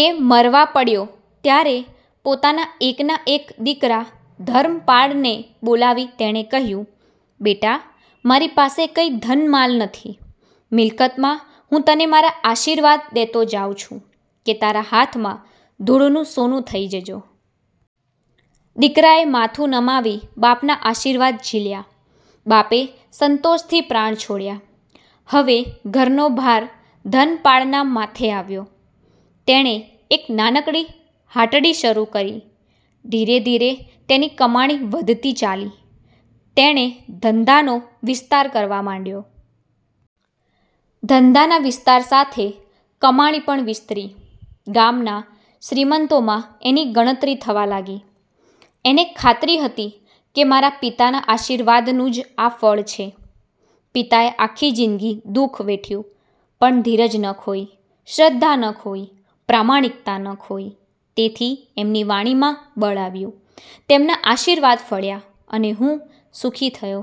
એ મરવા પડ્યો ત્યારે પોતાના એકના એક દીકરા ધર્મપાળને બોલાવી તેણે કહ્યું: 'બેટા, મારી પાસે કંઈ ધનમાલ નથી. મિલકતમાં હું તને મારા આશીર્વાદ દેતો જાઉં છું કે તારા હાથમાં ધૂળનું સોનું થઈ જજો! ' દીકરાએ માથું નમાવી બાપના આશીર્વાદ ઝીલ્યા. બાપે સંતોષથી પ્રાણ છોડ્યા. હવે ઘરનો ભાર ધનપાળના માથે આવ્યો. તેણે એક નાનકડી હાટડી શરૂ કરી. ધીરે ધીરે તેની કમાણી વધતી ચાલી. તેણે ધંધાનો વિસ્તાર કરવા માંડ્યો. ધંધાના વિસ્તાર સાથે કમાણી પણ વિસ્તરી. ગામના શ્રીમંતોમાં એની ગણતરી થવા લાગી. એને ખાતરી હતી કે મારા પિતાના આશીર્વાદનું જ આ ફળ છે. પિતાએ આખી જિંદગી દુ:ખ વેઠ્યું, પણ ધીરજ ન ખોઈ, શ્રદ્ધા ન ખોઈ, પ્રમાણિકતા ન ખોઈ, તેથી એમની વાણીમાં બળ આવ્યું, તેમના આશીર્વાદ ફળ્યા, અને હું સુખી થયો.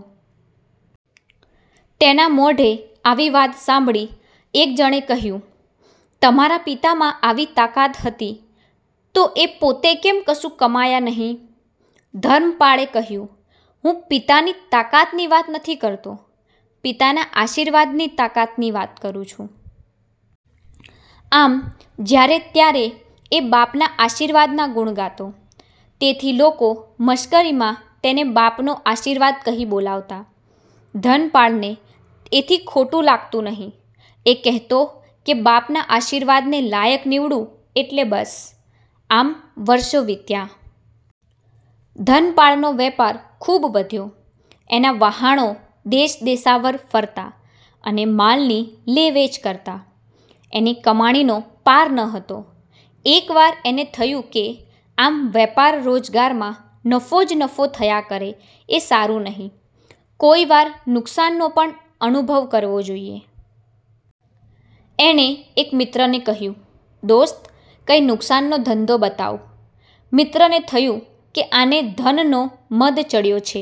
તેના મોઢે આવી વાત સાંભળી એક જણે કહ્યું: 'તમારા પિતામાં આવી તાકાત હતી, તો એ પોતે કેમ કશું કમાયા નહિ? ' ધર્મપાળે કહ્યું: 'હું પિતાની તાકાતની વાત નથી કરતો, પિતાના આશીર્વાદની તાકાતની વાત કરું છું. ' આમ જ્યારે ત્યારે એ બાપના આશીર્વાદના ગુણ ગાતો, તેથી લોકો મશ્કરીમાં તેને 'બાપનો આશીર્વાદ' કહી બોલાવતા. ધનપાળને એથી ખોટું લાગતું નહિ, એ કહેતો કે બાપના આશીર્વાદને લાયક નીવડું એટલે બસ. આમ વર્ષો વીત્યાં. ધનપાળનો વેપાર ખૂબ વધ્યો. એનાં વહાણો દેશદેશાવર ફરતાં અને માલની લેવેચ કરતાં. એની કમાણીનો પાર ન હતો. એકવાર એને થયું કે આમ વેપાર રોજગારમાં નફો જ નફો થયા કરે એ સારું નહિ, કોઈ વાર નુકસાનનો પણ અનુભવ કરવો જોઈએ. એણે એક મિત્રને કહ્યું: 'દોસ્ત, કંઈ નુકસાનનો ધંધો બતાવ! ' મિત્રને થયું કે આને ધનનો મદ ચડ્યો છે;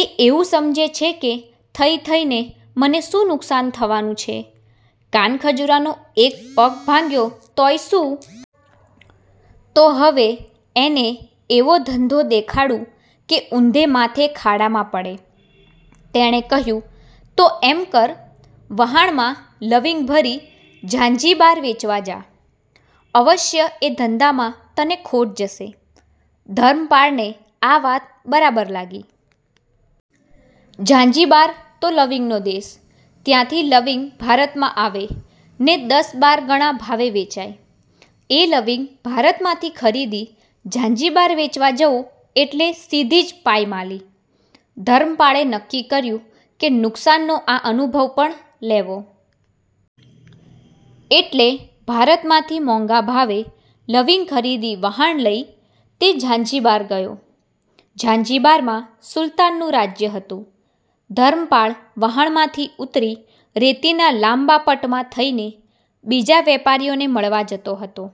એ એવું સમજે છે કે થઈ થઈને મને શું નુકસાન થવાનું છે? કાનખજૂરાનો એક પગ ભાંગ્યો તોય શું? તો હવે એને એવો ધંધો દેખાડું કે ઊંધે માથે ખાડામાં પડે. તેણે કહ્યું: 'તો એમ કર! વહાણમાં લવિંગ ભરી ઝાંઝીબાર વેચવા જા! અવશ્ય એ ધંધામાં તને ખોટ જશે. ' ધર્મપાળને આ વાત બરાબર લાગી. ઝાંઝીબાર તો લવિંગનો દેશ, ત્યાંથી લવિંગ ભારતમાં આવે ને દશબાર ગણા ભાવે વેચાય. એ લવિંગ ભારતમાંથી ખરીદી ઝાંઝીબાર વેચવા જવું એટલે સીધી જ પાયમાલી. ધર્મપાળે નક્કી કર્યું કે નુકસાનનો આ અનુભવ પણ લેવો. એટલે ભારતમાંથી મોંઘા ભાવે લવિંગ ખરીદી વહાણ લઈ તે ઝાંઝીબાર ગયો. ઝાંઝીબારમાં સુલતાનનું રાજ્ય હતું. ધર્મપાળ વહાણમાંથી ઊતરી રેતીના લાંબા પટમાં થઈને બીજા વેપારીઓને મળવા જતો હતો.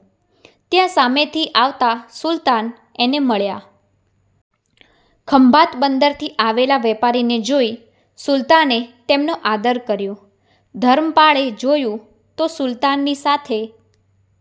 ત્યાં સામેથી આવતા સુલતાન એને મળ્યા. ખંભાત બંદરથી આવેલા વેપારીને જોઈ સુલતાને તેમનો આદર કર્યો. ધર્મપાળે જોયું તો સુલતાનની સાથે